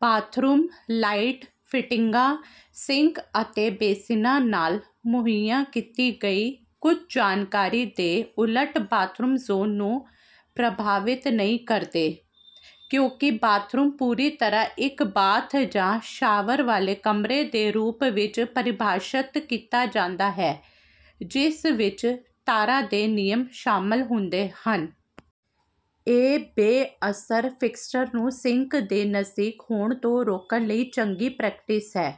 Bathroom light ਫਿਟਿੰਗਾਂ, sink ਅਤੇ ਬੇਸਿਨਾਂ ਨਾਲ ਮੁਹੱਈਆ ਕੀਤੀ ਗਈ ਕੁਝ ਜਾਣਕਾਰੀ ਦੇ ਉਲਟ ਬਾਥਰੂਮ ਜ਼ੋਨ ਨੂੰ ਪ੍ਰਭਾਵਿਤ ਨਹੀਂ ਕਰਦੇ, ਕਿਉਂਕਿ ਬਾਥਰੂਮ ਪੂਰੀ ਤਰ੍ਹਾਂ ਇੱਕ ਬਾਥ ਜਾਂ ਸ਼ਾਵਰ ਵਾਲੇ ਕਮਰੇ ਦੇ ਰੂਪ ਵਿੱਚ ਪਰਿਭਾਸ਼ਤ ਕੀਤਾ ਜਾਂਦਾ ਹੈ, ਜਿਸ ਵਿੱਚ ਤਾਰਾਂ ਦੇ ਨਿਯਮ ਸ਼ਾਮਲ ਹੁੰਦੇ ਹਨ। ਇਹ ਬੇਅਸਰ ਫਿਕਸਚਰ ਨੂੰ ਸਿੰਕ ਦੇ ਨਜ਼ਦੀਕ ਹੋਣ ਤੋਂ ਰੋਕਣ ਲਈ ਚੰਗੀ ਪ੍ਰੈਕਟਿਸ ਹੈ,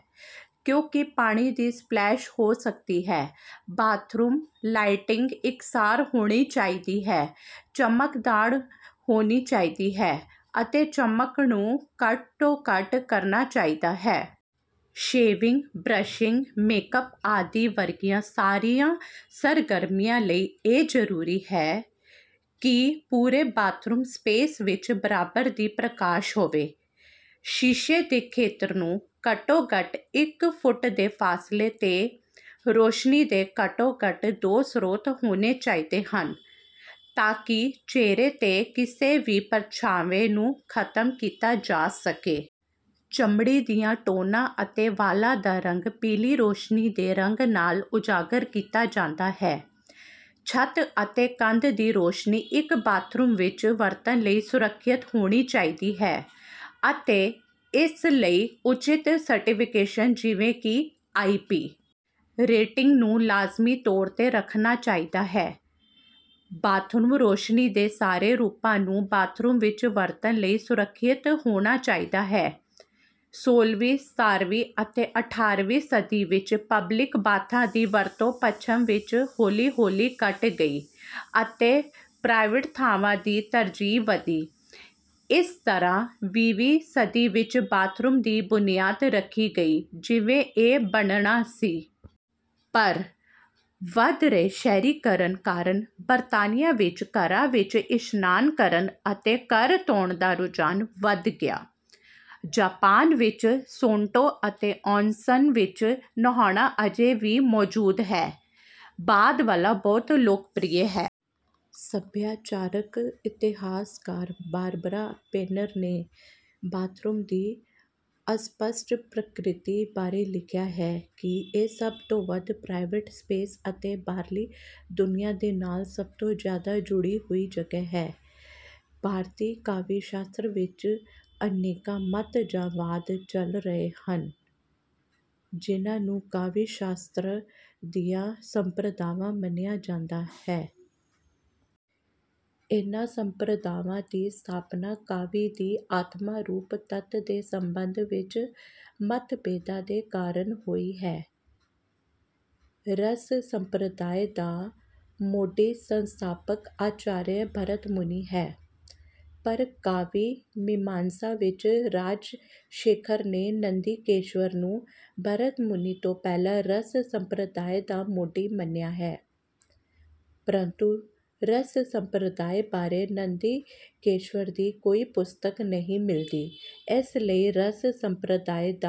ਕਿਉਂਕਿ ਪਾਣੀ ਦੀ ਸਪਲੈਸ਼ ਹੋ ਸਕਦੀ ਹੈ। ਬਾਥਰੂਮ ਲਾਈਟਿੰਗ ਇਕਸਾਰ ਹੋਣੀ ਚਾਹੀਦੀ ਹੈ, ਚਮਕਦਾਰ ਹੋਣੀ ਚਾਹੀਦੀ ਹੈ ਅਤੇ ਚਮਕ ਨੂੰ ਘੱਟ ਤੋਂ ਘੱਟ ਕਰਨਾ ਚਾਹੀਦਾ ਹੈ। ਸ਼ੇਵਿੰਗ, ਬਰੱਸ਼ਿੰਗ, ਮੇਕਅੱਪ ਆਦਿ ਵਰਗੀਆਂ ਸਾਰੀਆਂ ਸਰਗਰਮੀਆਂ ਲਈ ਇਹ ਜ਼ਰੂਰੀ ਹੈ ਕਿ ਪੂਰੇ ਬਾਥਰੂਮ ਸਪੇਸ ਵਿੱਚ ਬਰਾਬਰ ਦੀ ਪ੍ਰਕਾਸ਼ ਹੋਵੇ। ਸ਼ੀਸ਼ੇ ਦੇ ਖੇਤਰ ਨੂੰ ਘੱਟੋ-ਘੱਟ ਇੱਕ ਫੁੱਟ ਦੇ ਫਾਸਲੇ 'ਤੇ ਰੋਸ਼ਨੀ ਦੇ ਘੱਟੋ-ਘੱਟ ਦੋ ਸਰੋਤ ਹੋਣੇ ਚਾਹੀਦੇ ਹਨ ਤਾਂ ਕਿ ਚਿਹਰੇ 'ਤੇ ਕਿਸੇ ਵੀ ਪਰਛਾਵੇਂ ਨੂੰ ਖ਼ਤਮ ਕੀਤਾ ਜਾ ਸਕੇ। ਚਮੜੀ ਦੀਆਂ ਟੌਨਾਂ ਅਤੇ ਵਾਲਾਂ ਦਾ ਰੰਗ ਪੀਲੀ ਰੋਸ਼ਨੀ ਦੇ ਰੰਗ ਨਾਲ ਉਜਾਗਰ ਕੀਤਾ ਜਾਂਦਾ ਹੈ। ਛੱਤ ਅਤੇ ਕੰਧ ਦੀ ਰੌਸ਼ਨੀ ਇੱਕ ਬਾਥਰੂਮ ਵਿੱਚ ਵਰਤਣ ਲਈ ਸੁਰੱਖਿਅਤ ਹੋਣੀ ਚਾਹੀਦੀ ਹੈ ਅਤੇ ਇਸ ਲਈ ਉਚਿਤ ਸਰਟੀਫਿਕੇਸ਼ਨ ਜਿਵੇਂ ਕਿ ਆਈ.ਪੀ. ਰੇਟਿੰਗ ਨੂੰ ਲਾਜ਼ਮੀ ਤੌਰ ਤੇ ਰੱਖਣਾ ਚਾਹੀਦਾ ਹੈ। ਬਾਥਰੂਮ ਰੋਸ਼ਨੀ ਦੇ ਸਾਰੇ ਰੂਪਾਂ ਨੂੰ ਬਾਥਰੂਮ ਵਿੱਚ ਵਰਤਣ ਲਈ ਸੁਰੱਖਿਅਤ ਹੋਣਾ ਚਾਹੀਦਾ ਹੈ। ਸੋਲਵੀਂ, ਸਤਾਰਵੀਂ ਅਤੇ ਅਠਾਰਵੀਂ ਸਦੀ ਵਿੱਚ ਪਬਲਿਕ ਬਾਥਾਂ ਦੀ ਵਰਤੋਂ ਪੱਛਮ ਵਿੱਚ ਹੌਲੀ-ਹੌਲੀ ਘੱਟ ਗਈ ਅਤੇ ਪ੍ਰਾਈਵੇਟ ਥਾਵਾਂ ਦੀ ਤਰਜੀਹ ਵਧੀ, ਇਸ ਤਰ੍ਹਾਂ ਵੀਹਵੀਂ ਸਦੀ ਵਿੱਚ ਬਾਥਰੂਮ ਦੀ ਬੁਨਿਆਦ ਰੱਖੀ ਗਈ, ਜਿਵੇਂ ਇਹ ਬਣਨਾ ਸੀ। ਪਰ, ਵਧ ਰਹੇ ਸ਼ਹਿਰੀਕਰਨ ਕਾਰਨ ਬਰਤਾਨੀਆ ਵਿੱਚ ਘਰਾਂ ਵਿੱਚ ਇਸ਼ਨਾਨ ਕਰਨ ਅਤੇ ਘਰ ਧੋਣ ਦਾ ਰੁਝਾਨ ਵਧ ਗਿਆ। ਜਾਪਾਨ ਵਿੱਚ ਸੇਨਟੋ ਅਤੇ ਆੱਨਸਨ ਵਿੱਚ ਨਹਾਉਣਾ ਅਜੇ ਵੀ ਮੌਜੂਦ ਹੈ, ਬਾਅਦ ਵਾਲਾ ਬਹੁਤ ਲੋਕਪ੍ਰਿਯ ਹੈ। ਸੱਭਿਆਚਾਰਕ ਇਤਿਹਾਸਕਾਰ ਬਾਰਬਰਾ ਪੇਨੇਰ ਨੇ ਬਾਥਰੂਮ ਦੀ ਅਸਪਸ਼ਟ ਪ੍ਰਕਿਰਤੀ ਬਾਰੇ ਲਿਖਿਆ ਹੈ ਕਿ ਇਹ ਸਭ ਤੋਂ ਵੱਧ ਪ੍ਰਾਈਵੇਟ ਸਪੇਸ ਅਤੇ ਬਾਹਰਲੀ ਦੁਨੀਆਂ ਦੇ ਨਾਲ ਸਭ ਤੋਂ ਜ਼ਿਆਦਾ ਜੁੜੀ ਹੋਈ ਜਗ੍ਹਾ ਹੈ। ਭਾਰਤੀ ਕਾਵਿ-ਸ਼ਾਸਤਰ ਵਿੱਚ ਅਨੇਕਾਂ ਮੱਤ ਜਾਂ ਵਾਦ ਚੱਲ ਰਹੇ ਹਨ ਜਿਨ੍ਹਾਂ ਨੂੰ ਕਾਵਿ-ਸ਼ਾਸਤਰ ਦੀਆਂ ਸੰਪ੍ਰਦਾਵਾਂ ਮੰਨਿਆ ਜਾਂਦਾ ਹੈ। ਇਨ੍ਹਾਂ ਸੰਪ੍ਰਦਾਵਾਂ ਦੀ ਸਥਾਪਨਾ ਕਾਵਿ ਦੀ ਆਤਮਾ-ਰੂਪ ਤੱਤ ਦੇ ਸੰਬੰਧ ਵਿੱਚ ਮੱਤ-ਭੇਦਾਂ ਦੇ ਕਾਰਨ ਹੋਈ ਹੈ। ਰਸ ਸੰਪ੍ਰਦਾਇ ਦਾ ਮੋਢੀ-ਸੰਸਥਾਪਕ ਆਚਾਰੀਆ ਭਰਤਮੁਨੀ ਹੈ ਪਰ ਕਾਵਿ-ਮੀਮਾਂਸਾ ਵਿੱਚ ਰਾਜਸ਼ੇਖਰ ਨੇ ਨੰਦਿਕੇਸ਼ਵਰ ਨੂੰ ਭਰਤਮੁਨੀ ਤੋਂ ਪਹਿਲਾਂ ਰਸ ਸੰਪ੍ਰਦਾਇ ਦਾ ਮੋਢੀ ਮੰਨਿਆ ਹੈ ਪਰੰਤੂ ਰਸ ਸੰਪ੍ਰਦਾਇ ਬਾਰੇ ਨੰਦਿਕੇਸ਼ਵਰ ਦੀ ਕੋਈ ਪੁਸਤਕ ਨਹੀਂ ਮਿਲਦੀ। ਇਸ ਲਈ ਰਸ ਸੰਪ੍ਰਦਾਇ ਦਾ